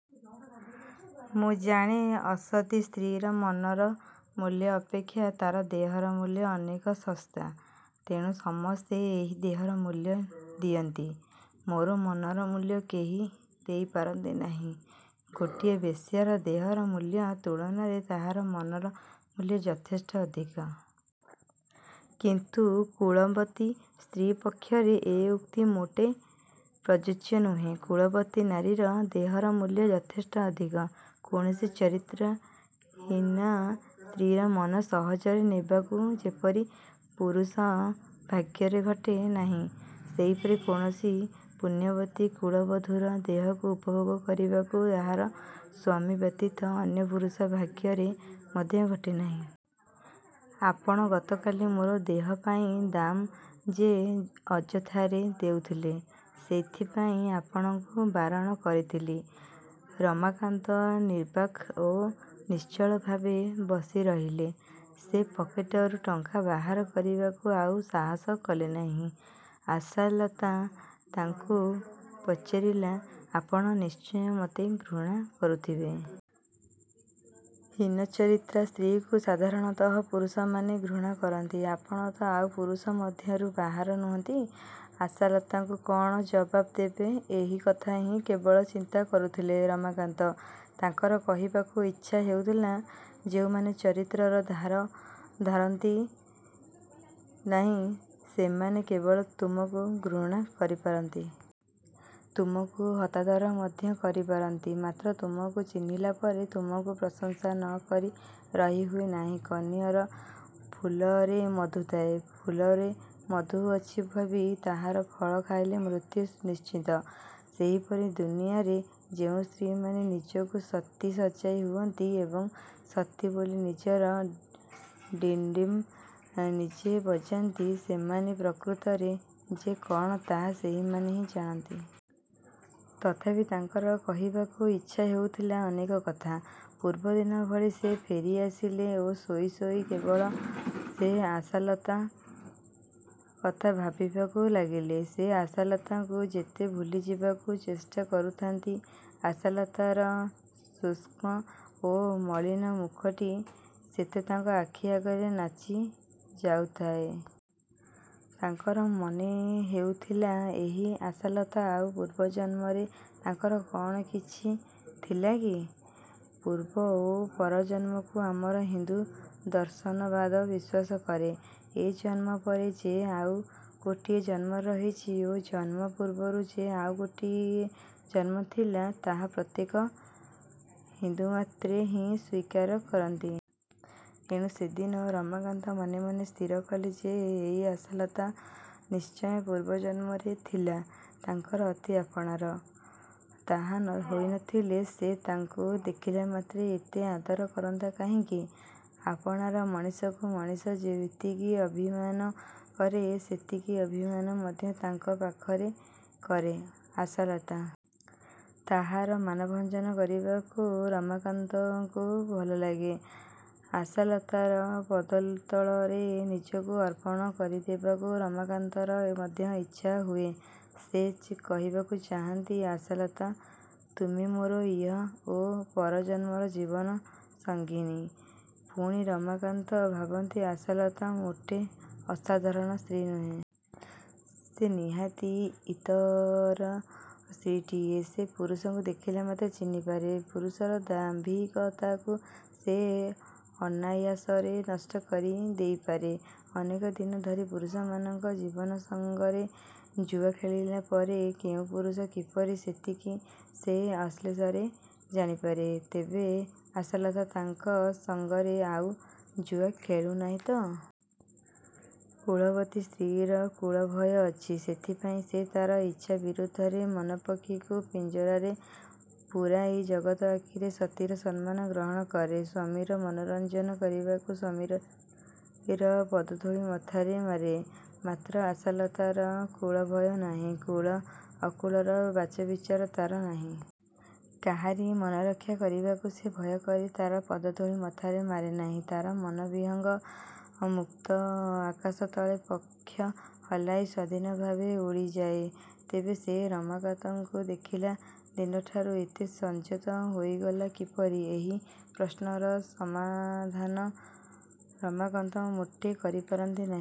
ମୁଁ ଜାଣେ ଅସତୀ ସ୍ତ୍ରୀର ମନର ମୂଲ୍ୟ ଅପେକ୍ଷା ତା'ର ଦେହର ମୂଲ୍ୟ ଅନେକ ଶସ୍ତା। ତେଣୁ ସମସ୍ତେ ଏହି ଦେହର ମୂଲ୍ୟ ଦିଅନ୍ତି। ମୋର ମନର ମୂଲ୍ୟ କେହି ଦେଇ ପାରନ୍ତି ନାହିଁ। ଗୋଟିଏ ବେଶ୍ୟାର ଦେହର ମୂଲ୍ୟ ତୁଳନାରେ ତାହାର ମନର ମୂଲ୍ୟ ଯଥେଷ୍ଟ ଅଧିକ-। କିନ୍ତୁ କୁଳବତୀ ସ୍ତ୍ରୀ ପକ୍ଷରେ ଏ ଉକ୍ତି ମୋଟେ ପ୍ରଯୋଜ୍ୟ ନୁହେଁ। କୁଳବତୀ ନାରୀର ଦେହର ମୂଲ୍ୟ ଯଥେଷ୍ଟ ଅଧିକ। କୌଣସି ଚରିତ୍ରହୀନା ସ୍ତ୍ରୀର ମନ ସହଜରେ ନେବାକୁ ଯେପରି ପୁରୁଷ ଭାଗ୍ୟରେ ଘଟେ ନାହିଁ, ସେହିପରି କୌଣସି ପୁଣ୍ୟବତୀ କୁଳବଧୂର ଦେହକୁ ଉପଭୋଗ କରିବାକୁ ତାହାର ସ୍ୱାମୀ ବ୍ୟତୀତ ଅନ୍ୟ ପୁରୁଷ ଭାଗ୍ୟରେ ମଧ୍ୟ ଘଟେ ନାହିଁ। ଆପଣ ଗତକାଲି ମୋର ଦେହ ପାଇଁ ଦାମ ଯେ ଅଯଥାରେ ଦେଉଥିଲେ ସେଥିପାଇଁ ଆପଣଙ୍କୁ ବାରଣ କରିଥିଲି। '' ରମାକାନ୍ତ ନିର୍ବାକ୍ ଓ ନିଶ୍ଚଳଭାବେ ବସିରହିଲେ। ସେ ପକେଟରୁ ଟଙ୍କା ବାହାର କରିବାକୁ ଆଉ ସାହାସ କଲେ ନାହିଁ। ଆଶାଲତା ତାଙ୍କୁ ପଚାରିଲା, ''ଆପଣ ନିଶ୍ଚୟ ମୋତେ ଘୃଣା କରୁଥିବେ? ହୀନଚରିତ୍ରା ସ୍ତ୍ରୀକୁ ସାଧାରଣତଃ ପୁରୁଷମାନେ ଘୃଣା କରନ୍ତି। ଆପଣ ତ ଆଉ ପୁରୁଷ ମଧ୍ୟରୁ ବାହାର ନୁହନ୍ତି। '' ଆଶାଲତାକୁ କ'ଣ ଜବାବ୍ ଦେବେ ଏହି କଥା ହିଁ କେବଳ ଚିନ୍ତା କରୁଥିଲେ ରମାକାନ୍ତ। ତାଙ୍କର କହିବାକୁ ଇଚ୍ଛା ହେଉଥିଲା, ଯେଉଁମାନେ ଚରିତ୍ରର ଧାର ଧାରନ୍ତି ନାହିଁ, ସେମାନେ କେବଳ ତୁମକୁ ଘୃଣା କରିପାରନ୍ତି। ତୁମକୁ। ହତାଦର ମଧ୍ୟ କରିପାରନ୍ତି। ମାତ୍ର ତୁମକୁ ଚିହ୍ନିଲା ପରେ ତୁମକୁ ପ୍ରଶଂସା ନ କରି ରହିହୁଏ ନାହିଁ। କନିଅର ଫୁଲରେ ମଧୁ ଥାଏ ଫୁଲରେ ମଧୁ ଅଛି ଭାବି ତାହାର ଫଳ ଖାଇଲେ ମୃତ୍ୟୁ ନିଶ୍ଚିତ। ସେହିପରି ଦୁନିଆରେ ଯେଉଁ ସ୍ତ୍ରୀମାନେ ନିଜକୁ ସତୀ ସଜାଇ ହୁଅନ୍ତି ଏବଂ ସତୀ ବୋଲି ନିଜର ଡିଣ୍ଡିମ ନିଜେ ବଜାନ୍ତି ସେମାନେ ପ୍ରକୃତରେ ଯେ କ'ଣ ତାହା ସେହିମାନେ ହିଁ ଜାଣନ୍ତି। ତଥାପି ତାଙ୍କର କହିବାକୁ ଇଚ୍ଛା ହେଉଥିଲା ଅନେକ କଥା। ପୂର୍ବଦିନ ଭଳି ସେ ଫେରିଆସିଲେ ଓ ଶୋଇ ଶୋଇ କେବଳ ସେ ଆଶାଲତା କଥା ଭାବିବାକୁ ଲାଗିଲେ। ସେ ଆଶାଲତାକୁ ଯେତେ ଭୁଲିଯିବାକୁ ଚେଷ୍ଟା କରୁଥାନ୍ତି, ଆଶାଲତାର ଶୁଷ୍କ ଓ ମଳିନ ମୁଖଟି ସେତେ ତାଙ୍କ ଆଖି ଆଗରେ ନାଚିଯାଉଥାଏ। ତାଙ୍କର ମନେହେଉଥିଲା ଏହି ଆଶାଲତା ଆଉ ପୂର୍ବଜନ୍ମରେ ତାଙ୍କର କ'ଣ କିଛି ଥିଲା କି? ପୂର୍ବ ଓ ପରଜନ୍ମକୁ ଆମର ହିନ୍ଦୁ ଦର୍ଶନବାଦ ବିଶ୍ୱାସ କରେ। ଏ ଜନ୍ମ ପରେ ଯେ ଆଉ ଗୋଟିଏ ଜନ୍ମ ରହିଛି ଓ ଜନ୍ମ ପୂର୍ବରୁ ଯେ ଆଉ ଗୋଟାଏ ଜନ୍ମଥିଲା, ତାହା ପ୍ରତ୍ୟେକ ହିନ୍ଦୁମାତ୍ରେ ହିଁ ସ୍ଵୀକାର କରନ୍ତି। ଏଣୁ ସେଦିନ ରମାକାନ୍ତ ମନେମନେ ସ୍ଥିରକଲେ ଯେ ଏହି ଆଶାଲତା ନିଶ୍ଚୟ ପୂର୍ବ ଜନ୍ମରେ ଥିଲା ତାଙ୍କର ଅତି ଆପଣାର। ତାହା ହୋଇନଥିଲେ ସେ ତାଙ୍କୁ ଦେଖିଲା ମାତ୍ରେ ଏତେ ଆଦର କରନ୍ତା କାହିଁକି? ଆପଣାର ମଣିଷକୁ ମଣିଷ ଯେତିକି ଅଭିମାନ କରେ ସେତିକି ଅଭିମାନ ମଧ୍ୟ ତାଙ୍କ ପାଖରେ କରେ ଆଶାଲତା। ତାହାର ମାନଭଞ୍ଜନ କରିବାକୁ ରମାକାନ୍ତକୁ ଭଲଲାଗେ। ଆଶାଲତାର ପଦତଳରେ ନିଜକୁ ଅର୍ପଣ କରିଦେବାକୁ ରମାକାନ୍ତର ମଧ୍ୟ ଇଚ୍ଛାହୁଏ। ସେ କହିବାକୁ ଚାହାଁନ୍ତି, ଆଶାଲତା! ତୁମେ ମୋର ଇହ ଓ ପର ଜନ୍ମର 'ଜୀବନ ସଙ୍ଗିନୀ। ' ପୁଣି ରମାକାନ୍ତ ଭାବନ୍ତି ଆଶାଲତା ମୋଟେ ଅସାଧାରଣ ସ୍ତ୍ରୀ ନୁହେଁ। ସେ ନିହାତି ଇତର ସ୍ତ୍ରୀଟିଏ। ସେ ପୁରୁଷକୁ ଦେଖିଲା ମାତ୍ରେ ଚିହ୍ନିପାରେ। ପୁରୁଷର ଦାମ୍ଭିକତାକୁ ସେ ଅନାୟାସରେ ନଷ୍ଟ କରିଦେଇପାରେ। ଅନେକ ଦିନ ଧରି ପୁରୁଷମାନଙ୍କ ଜୀବନ ସଙ୍ଗରେ ଜୁଆ ଖେଳିଲା ପରେ କେଉଁ ପୁରୁଷ କିପରି ସେତିକି ସେ ଅକ୍ଳେଶରେ ଜାଣିପାରେ। ତେବେ ଆଶାଲତା ତାଙ୍କ ସଙ୍ଗରେ ଆଉ ଜୁଆ ଖେଳୁନାହିଁ ତ? କୁଳବତୀ ସ୍ତ୍ରୀର କୁଳଭୟ ଅଛି। ସେଥିପାଇଁ ସେ ତା'ର ଇଚ୍ଛା ବିରୁଦ୍ଧରେ ମନପକ୍ଷୀକୁ ପିଞ୍ଜରାରେ ପୂରାଇ ଜଗତ ଆଖିରେ ସତୀର ସମ୍ମାନ ଗ୍ରହଣ କରେ। ସ୍ୱାମୀର ମନୋରଞ୍ଜନ କରିବାକୁ ସ୍ୱାମୀର ପଦଧୂଳି ମଥାରେ ମାରେ। ମାତ୍ର ଆଶାଲତାର କୁଳଭୟ ନାହିଁ। କୁଳ, ଅକୁଳର ବାଛବିଚାର ତା'ର ନାହିଁ। କାହାରି ମନରକ୍ଷା କରିବାକୁ ସେ ଭୟକରି ତା'ର ପଦଧୂଳି ମଥାରେ ମାରେନାହିଁ। ତା'ର ମନବିହଙ୍ଗ ମୁକ୍ତ ଆକାଶ ତଳେ ପକ୍ଷ ହଲାଇ ସ୍ୱାଧୀନ ଭାବେ ଉଡ଼ିଯାଏ। ତେବେ ସେ ରମାକାନ୍ତକୁ ଦେଖିଲା ଦିନଠାରୁ ଏତେ ସଂଯତ ହୋଇଗଲା କିପରି? ଏହି ପ୍ରଶ୍ନର ସମାଧାନ ରମାକାନ୍ତ ମୋଟେ କରିପାରନ୍ତି ନାହିଁ।